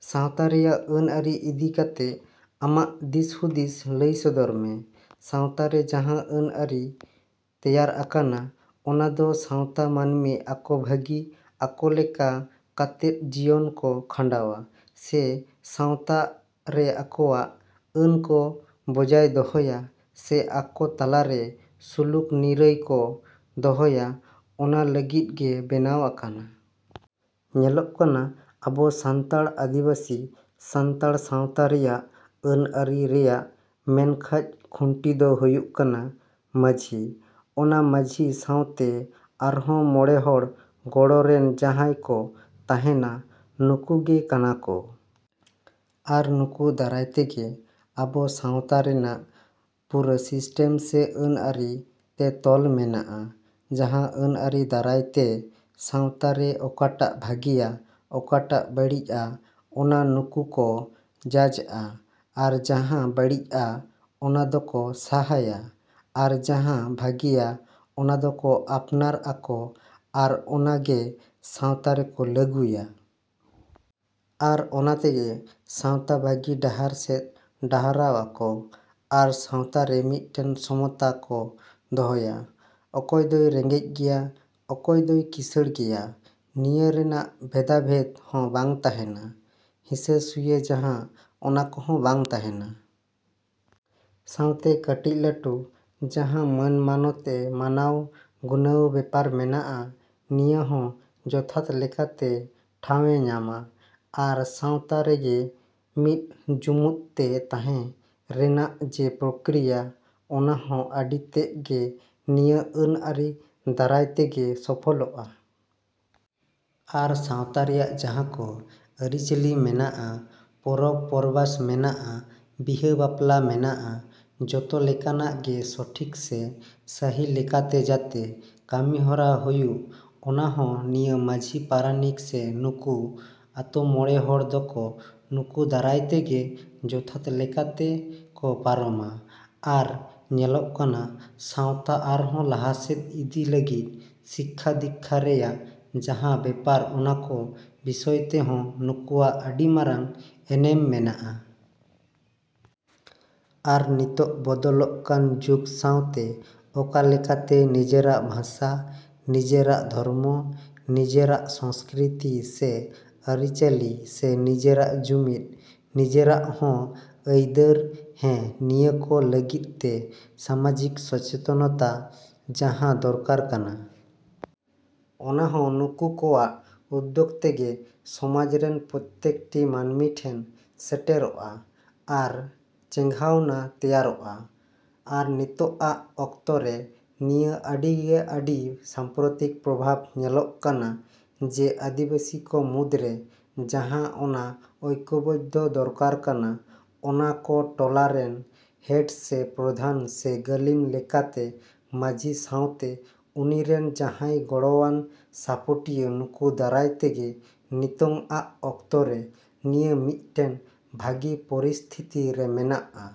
ᱥᱟᱶᱛᱟ ᱨᱮᱭᱟᱜ ᱟᱹᱱ ᱟᱹᱨᱤ ᱤᱫᱤ ᱠᱟᱛᱮᱜ ᱟᱢᱟᱜ ᱫᱤᱥ ᱦᱩᱫᱤᱥ ᱞᱟᱹᱭ ᱥᱚᱫᱚᱨ ᱢᱮ᱾ ᱥᱟᱶᱛᱟ ᱨᱮ ᱡᱟᱦᱟᱸ ᱟᱹᱱ ᱟᱹᱨᱤ ᱛᱮᱭᱟᱨ ᱟᱠᱟᱱᱟ ᱚᱱᱟ ᱫᱚ ᱥᱟᱶᱛᱟ ᱢᱟᱹᱱᱢᱤ ᱚᱠᱟ ᱵᱷᱟᱜᱤ, ᱚᱠᱟ ᱞᱮᱠᱟ ᱠᱟᱛᱮᱜ ᱡᱤᱭᱚᱱ ᱠᱚ ᱠᱷᱟᱸᱰᱟᱣᱟ ᱥᱮ ᱥᱟᱶᱛᱟ ᱨᱮ ᱟᱠᱚᱣᱟᱜ ᱟᱹᱱ ᱠᱚ ᱵᱚᱡᱟᱭ ᱫᱚᱦᱚᱭᱟ ᱥᱮ ᱟᱠᱚ ᱛᱟᱞᱟ ᱨᱮ ᱥᱩᱞᱩᱠ ᱱᱤᱨᱟᱹᱭ ᱠᱚ ᱫᱚᱦᱚᱭᱟ, ᱚᱱᱟ ᱞᱟᱹᱜᱤᱫ ᱜᱮ ᱵᱮᱱᱟᱣ ᱟᱠᱟᱱᱟ᱾ ᱧᱮᱞᱚᱜ ᱠᱟᱱᱟ ᱟᱵᱚ ᱥᱟᱱᱛᱟᱲ ᱟᱹᱫᱤᱵᱟᱹᱥᱤ ᱥᱟᱱᱛᱟᱲ ᱥᱟᱶᱛᱟ ᱨᱮᱭᱟᱜ ᱟᱹᱱ ᱟᱹᱨᱤ ᱨᱮᱭᱟᱜ ᱢᱮᱱ ᱠᱷᱟᱢ ᱠᱷᱩᱱᱴᱤ ᱫᱚ ᱦᱩᱭᱩᱜ ᱠᱟᱱᱟ ᱢᱟᱺᱡᱷᱤ᱾ ᱚᱱᱟ ᱢᱟᱺᱡᱷᱤ ᱥᱟᱶᱛᱮ ᱟᱨᱦᱚᱸ ᱢᱚᱬᱮ ᱦᱚᱲ ᱜᱚᱲᱚ ᱨᱮᱱ ᱡᱟᱦᱟᱸᱭ ᱠᱚ ᱛᱟᱦᱮᱸᱱᱟ, ᱱᱩᱠᱩ ᱜᱮ ᱠᱟᱱᱟ ᱠᱚ, ᱟᱨ ᱱᱩᱠᱩ ᱫᱟᱨᱟᱭ ᱛᱮᱜᱮ ᱟᱵᱚ ᱥᱟᱶᱛᱟ ᱨᱮᱱᱟᱜ ᱯᱩᱨᱟᱹ ᱥᱤᱥᱴᱮᱢ ᱥᱮ ᱟᱹᱱ ᱟᱹᱨᱤ ᱛᱮ ᱛᱚᱞ ᱢᱮᱱᱟᱜᱼᱟ, ᱡᱟᱦᱟᱸ ᱟᱹᱱ ᱟᱹᱨᱤ ᱫᱟᱨᱟᱭ ᱛᱮ ᱥᱟᱶᱛᱟ ᱨᱮ ᱚᱠᱟᱴᱟᱜ ᱵᱷᱟᱜᱮᱭᱟ, ᱚᱠᱟᱴᱟᱜ ᱵᱟᱹᱲᱤᱡᱼᱟ ᱚᱱᱟ ᱩᱱᱠᱩ ᱠᱚ ᱡᱟᱡᱽᱼᱟ ᱟᱨ ᱡᱟᱦᱟᱸ ᱵᱟᱹᱲᱤᱡᱼᱟ ᱚᱱᱟ ᱠᱚᱫᱚ ᱠᱚ ᱥᱟᱦᱟᱭᱟ, ᱟᱨ ᱡᱟᱦᱟᱸ ᱵᱷᱟᱜᱮᱭᱟ ᱚᱱᱟ ᱠᱚᱫᱚ ᱟᱯᱱᱟᱨ ᱟᱠᱚ ᱟᱨ ᱚᱱᱟ ᱜᱮ ᱥᱟᱶᱛᱟ ᱨᱮᱠᱚ ᱞᱟᱹᱜᱩᱭᱟ᱾ ᱟᱨ ᱚᱱᱟ ᱛᱮᱜᱮ ᱥᱟᱶᱛᱟ ᱵᱷᱟᱹᱜᱤ ᱰᱟᱦᱟᱨ ᱥᱮᱫ ᱰᱟᱨᱦᱟᱣ ᱟᱠᱚ᱾ ᱟᱨ ᱥᱟᱶᱛᱟ ᱨᱮ ᱢᱤᱫᱴᱮᱱ ᱥᱚᱢᱚᱛᱟ ᱠᱚ ᱫᱚᱦᱚᱭᱟ, ᱚᱠᱚᱭ ᱫᱚᱭ ᱨᱮᱸᱜᱮᱡ ᱜᱮᱭᱟ, ᱚᱠᱚᱭ ᱫᱚᱭ ᱠᱤᱸᱥᱟᱹᱬ ᱜᱮᱭᱟ, ᱱᱤᱭᱟᱹ ᱨᱮᱱᱟᱜ ᱵᱷᱮᱫᱟ ᱵᱷᱮᱫ ᱦᱚᱸ ᱵᱟᱝ ᱛᱟᱦᱮᱸᱱᱟ, ᱦᱤᱸᱥᱟᱹ ᱥᱩᱭᱟᱹ ᱡᱟᱦᱟᱸ ᱚᱱᱟ ᱦᱚᱸ ᱵᱟᱝ ᱛᱟᱦᱮᱸᱱᱟ᱾ ᱥᱟᱶᱛᱮ ᱠᱟᱹᱴᱤᱡ ᱞᱟᱹᱴᱩ ᱡᱟᱦᱟᱸ ᱢᱟᱱ ᱢᱟᱱᱚᱛ ᱮ ᱢᱟᱱᱟᱣ ᱜᱩᱱᱟᱹᱣ ᱵᱮᱯᱟᱨ ᱢᱮᱱᱟᱜᱼᱟ, ᱱᱤᱭᱟᱹ ᱦᱚᱸ ᱡᱚᱛᱷᱟᱛ ᱞᱮᱠᱟᱛᱮ ᱴᱷᱟᱸᱣᱭᱮ ᱧᱟᱢᱟ᱾ ᱟᱨ ᱥᱟᱶᱛᱟ ᱨᱮᱜᱮ ᱢᱤᱫ ᱡᱩᱢᱩᱫ ᱛᱮ ᱛᱟᱦᱮᱸ ᱨᱮᱱᱟᱜ ᱡᱮ ᱯᱨᱚᱠᱠᱨᱤᱭᱟ ᱚᱱᱟ ᱦᱚᱸ ᱟᱹᱰᱤ ᱛᱮᱫ ᱜᱮ ᱱᱤᱭᱟᱹ ᱟᱹᱱ ᱟᱹᱨᱤ ᱫᱟᱨᱟᱭ ᱛᱮᱜᱮ ᱥᱚᱯᱷᱚᱞᱚᱜᱼᱟ᱾ ᱟᱨ ᱥᱟᱶᱛᱟ ᱨᱮᱭᱟᱜ ᱡᱟᱦᱟᱸ ᱠᱚ ᱟᱹᱨᱤ ᱪᱟᱹᱞᱤ ᱢᱮᱱᱟᱜᱼᱟ, ᱯᱚᱨᱚᱵᱽ ᱯᱚᱨᱵᱟᱥ ᱢᱮᱱᱟᱜᱼᱟ, ᱵᱤᱦᱟᱹ ᱵᱟᱯᱞᱟ ᱢᱮᱱᱟᱜᱼᱟ, ᱡᱚᱛᱚ ᱞᱮᱠᱟᱱᱟᱜ ᱜᱮ ᱥᱚᱴᱷᱤᱠ ᱥᱮ ᱥᱟᱹᱦᱤ ᱞᱮᱠᱟᱛᱮ ᱡᱟᱛᱮ ᱠᱟᱹᱢᱤ ᱦᱚᱨᱟ ᱦᱩᱭᱩᱜ ᱚᱱᱟ ᱦᱚᱸ ᱱᱤᱭᱟᱹ ᱢᱟᱺᱡᱷᱤ ᱯᱟᱨᱟᱱᱤᱠ ᱥᱮ ᱱᱩᱠᱩ ᱟᱛᱳ ᱢᱚᱬᱮ ᱦᱚᱲ ᱫᱚ ᱠᱚ ᱱᱩᱠᱩ ᱫᱟᱨᱟᱭ ᱛᱮᱜᱮ ᱡᱚᱛᱷᱟᱛ ᱞᱮᱠᱟᱛᱮ ᱠᱚ ᱯᱟᱨᱚᱢᱟ ᱟᱨ ᱧᱮᱞᱚᱜ ᱠᱟᱱᱟ ᱥᱟᱶᱛᱟ ᱟᱨᱦᱚᱸ ᱞᱟᱦᱟᱥᱮᱫ ᱤᱫᱤ ᱞᱟᱹᱜᱤᱫ ᱥᱤᱠᱠᱷᱟ-ᱫᱤᱠᱠᱷᱟ ᱨᱮᱱᱟᱜ ᱡᱟᱦᱟᱸ ᱵᱮᱯᱟᱨ ᱚᱱᱟ ᱠᱚ ᱵᱤᱥᱚᱭ ᱛᱮᱦᱚᱸ ᱱᱩᱠᱩᱣᱟᱜ ᱟᱹᱰᱤ ᱢᱟᱨᱟᱝ ᱮᱱᱮᱢ ᱢᱮᱱᱟᱜᱼᱟ᱾ ᱟᱨ ᱱᱤᱛᱚᱜ ᱵᱚᱫᱚᱞᱚᱜ ᱠᱟᱱ ᱡᱩᱜᱽ ᱥᱟᱶᱛᱮ ᱚᱠᱟ ᱞᱮᱠᱟᱛᱮ ᱱᱤᱡᱮᱨᱟᱜ ᱵᱷᱟᱥᱟ, ᱱᱤᱡᱮᱨᱟᱜ ᱫᱷᱚᱨᱢᱚ, ᱱᱤᱡᱮᱨᱟᱜ ᱥᱚᱝᱥᱠᱨᱤᱛᱤ ᱥᱮ ᱟᱹᱨᱤ ᱪᱟᱹᱞᱤ ᱥᱮ ᱱᱤᱡᱮᱨᱟᱜ ᱡᱩᱢᱤᱫ, ᱱᱤᱡᱮᱨᱟᱜ ᱦᱚᱸ ᱟᱹᱭᱫᱟᱹᱨ, ᱦᱮᱸ, ᱱᱤᱭᱟᱹ ᱠᱚ ᱞᱟᱹᱜᱤᱫ ᱛᱮ ᱥᱟᱢᱟᱡᱤᱠ ᱥᱚᱪᱮᱛᱚᱱᱚᱛᱟ ᱡᱟᱦᱟᱸ ᱫᱚᱨᱠᱟᱨ ᱠᱟᱱᱟ ᱚᱱᱟ ᱦᱚᱸ ᱱᱩᱠᱩ ᱠᱚᱣᱟᱜ ᱩᱫᱽᱫᱳᱜ ᱛᱮᱜᱮ ᱥᱚᱢᱟᱡᱽ ᱨᱮᱱ ᱯᱨᱚᱛᱛᱮᱠ ᱴᱤ ᱢᱟᱹᱱᱢᱤ ᱴᱷᱮᱱ ᱥᱮᱴᱮᱨᱚᱜᱼᱟ, ᱟᱨ ᱪᱮᱸᱜᱷᱟᱣᱱᱟ ᱛᱮᱭᱟᱨᱚᱜᱼᱟ, ᱟᱨ ᱱᱤᱛᱚᱜᱼᱟᱜ ᱚᱠᱛᱚ ᱨᱮ ᱱᱤᱭᱟᱹ ᱟᱹᱰᱤ ᱜᱮ ᱟᱹᱰᱤ ᱥᱟᱢᱯᱨᱚᱛᱤᱠ ᱯᱨᱚᱵᱷᱟᱵᱽ ᱧᱮᱞᱚᱜ ᱠᱟᱱᱟ, ᱡᱮ ᱟᱹᱫᱤᱵᱟᱥᱤ ᱠᱚ ᱢᱩᱫᱽᱨᱮ ᱡᱟᱦᱟᱸ ᱚᱱᱟ ᱳᱭᱠᱚᱵᱚᱫᱽᱫᱷᱚ ᱫᱚᱨᱠᱟᱨ ᱠᱟᱱᱟ ᱚᱱᱟ ᱫᱚ ᱴᱚᱞᱟ ᱨᱮᱱ ᱦᱮᱰ ᱥᱮ ᱯᱨᱚᱫᱷᱟᱱ ᱥᱮ ᱜᱟᱹᱞᱤᱢ ᱞᱮᱠᱟ ᱛᱮ ᱢᱟᱺᱡᱷᱤ ᱥᱟᱶᱛᱮ ᱩᱱᱤ ᱨᱮᱱ ᱡᱟᱦᱟᱸᱭ ᱜᱚᱲᱚᱣᱟᱱ ᱥᱟᱯᱚᱴᱤᱭᱟᱹ ᱱᱩᱠᱩ ᱫᱟᱨᱟᱭ ᱛᱮᱜᱮ ᱱᱤᱛᱚᱝ-ᱟᱜ ᱚᱠᱛᱚ ᱨᱮ ᱱᱤᱭᱟᱹ ᱢᱤᱫᱴᱮᱱ ᱵᱷᱟᱜᱮ ᱯᱚᱨᱤᱥᱛᱷᱤᱛᱤ ᱨᱮ ᱢᱮᱱᱟᱜᱼᱟ᱾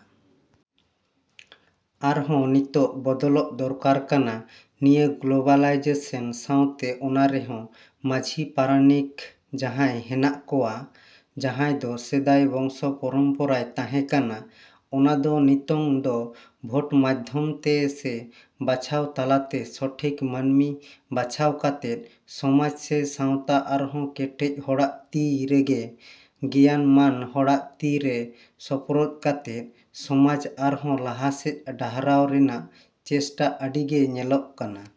ᱟᱨ ᱡᱟᱦᱟᱸ ᱛᱤᱱᱟᱹᱜ ᱵᱚᱫᱚᱞᱚᱜ ᱫᱚᱨᱠᱟᱨ ᱠᱟᱱᱟ ᱱᱤᱭᱟᱹ ᱜᱞᱳᱵᱟᱞᱟᱭᱡᱮᱥᱚᱱ ᱥᱟᱶᱛᱮ ᱚᱱᱟ ᱨᱮᱦᱚᱸ ᱢᱟᱺᱡᱷᱤ ᱯᱟᱨᱟᱱᱤᱠ ᱡᱟᱦᱟᱸᱭ ᱦᱮᱱᱟᱜ ᱠᱚᱣᱟ ᱡᱟᱦᱟᱸ ᱫᱚ ᱥᱮᱫᱟᱭ ᱵᱚᱝᱥᱚ ᱯᱚᱨᱚᱢ ᱯᱚᱨᱟᱭ ᱛᱟᱦᱮᱸ ᱠᱟᱱᱟ, ᱚᱱᱟ ᱫᱚ ᱱᱤᱛᱚᱝ ᱫᱚ ᱵᱷᱳᱴ ᱢᱟᱫᱽᱫᱷᱚᱢ ᱛᱮ ᱥᱮ ᱵᱟᱪᱷᱱᱟᱣ ᱛᱟᱞᱟ ᱛᱮ ᱥᱚᱴᱷᱤᱠ ᱢᱟᱹᱱᱢᱤ ᱵᱟᱪᱷᱟᱣ ᱠᱟᱛᱮᱫ ᱥᱚᱢᱟᱡᱽ ᱥᱮ ᱥᱟᱶᱛᱟ ᱟᱨᱦᱚᱸ ᱠᱮᱴᱮᱡ ᱦᱚᱲᱟᱜ ᱛᱤ ᱨᱮᱜᱮ ᱜᱮᱭᱟᱱ ᱢᱟᱱ ᱦᱚᱲᱟᱜ ᱛᱤ ᱨᱮ ᱥᱳᱯᱨᱳᱫ ᱠᱟᱛᱮᱫ ᱥᱚᱢᱟᱡᱽ ᱟᱨᱦᱚᱸ ᱞᱟᱦᱟᱥᱮᱫ ᱰᱟᱨᱦᱟᱣ ᱨᱮᱱᱟᱜ ᱪᱮᱥᱴᱟ ᱟᱹᱰᱤ ᱜᱮ ᱧᱮᱞᱚᱜ ᱠᱟᱱᱟ᱾।